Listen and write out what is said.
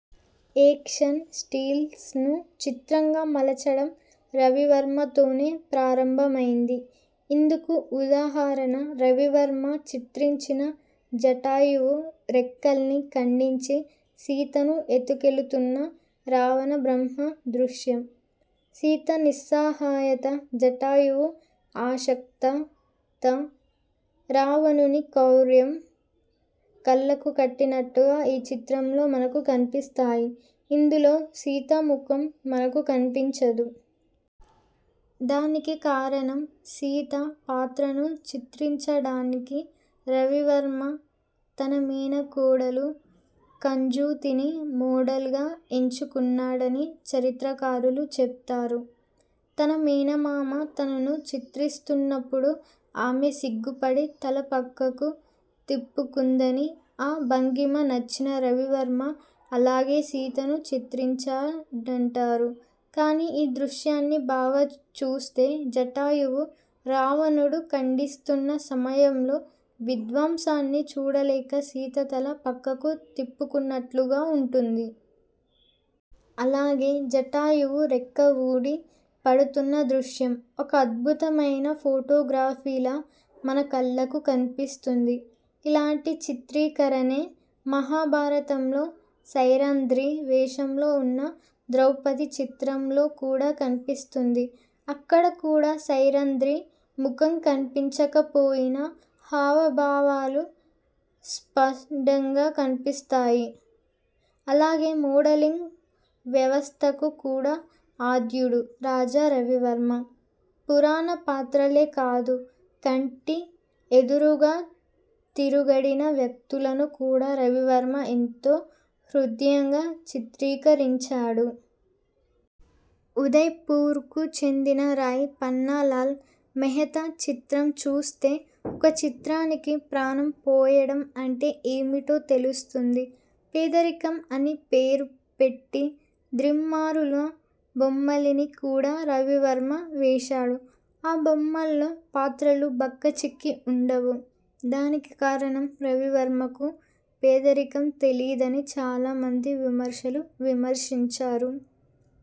Action stills ను చిత్రంగా మలచడం రవివర్మతోనే ప్రారంభమైంది. ఇందుకు ఉదాహరణ రవివర్మ చిత్రించిన జటాయువు రెక్కల్ని ఖండించి, సీతను ఎత్తుకెళుతున్న రావణబ్రహ్మ దృశ్యం. సీత నిస్సహాయత, జటాయువు ఆశక్తత, రావణుని క్రౌర్యం కళ్ళకు కట్టినట్టుగా ఈ చిత్రంలో మనకు కన్పిస్తాయి. ఇందులో సీతముఖం మనకు కన్పించదు. దానికి కారణం సీత పాత్రను చిత్రించడానికి రవివర్మ తన మేనకోడలు కంజూతిని మోడల్ గా ఎంచుకున్నాడని చరిత్రకారులు చెప్తారు. తన మేనమామ తనను చిత్రిస్తున్నప్పుడు ఆమె సిగ్గుపడి తల పక్కకు తిప్పుకుందని ఆ భంగిమ నచ్చిన రవివర్మ అలాగే సీతను చిత్రించాడంటారు. కానీ ఈ దశ్యాన్ని బాగా చూస్తే జటాయువు రావణుడు ఖండిస్తున్న సమయంలో విధ్వంసాన్ని చూడలేక సీత తల పక్కకు తిప్పుకున్నట్లుగా వుంటుంది. అలాగే జటాయువు రెక్క వూడి పడుతున్న దృశ్యం. ఒక అద్భుతమైన ఫోటోగ్రఫీలా మన కళ్ళకు కన్పిస్తుంది. ఇలాంటి చిత్రీకరణే మహాభారతంలో సైరంధ్రీ వేషంలో వున్న ద్రౌపది చిత్రంలో కూడా కన్పిస్తుంది. అక్కడ కూడా సైరంధ్రీ ముఖం కన్పించకపోయినా హావభావాలు స్ఫుటంగా కన్పిస్తాయి. అలాగే మోడలింగ్ వ్యవస్తకు కూడా ఆధ్యుడు రాజా రవివర్మ పురాణ పాత్రలే కాదు కంటి ఎదురుగా తిరుగాడిన వ్యక్తులను కూడా రవివర్మ ఎంతో హృద్యంగా చిత్రీకరించాడు. ఉదయ్ పూర్ కు చెందిన రాయ్ పన్నాలాల్ మెహతా చిత్రం చూస్తే ఒక చిత్రానికి ప్రాణం పోయడం అంటే ఏమిటో తెలుస్తుంది. పేదరికం అని పేరు పెట్టి ద్రిమ్మరుల బొమ్మలిని కూడా రవివర్మ వేశాడు. ఆ బొమ్మల్లో పాత్రలు బక్కచిక్కి వుండవు. దానికి కారణం రవివర్మకు పేదరికం తెలీదని చాలామంది విమర్శలు విమర్శించారు.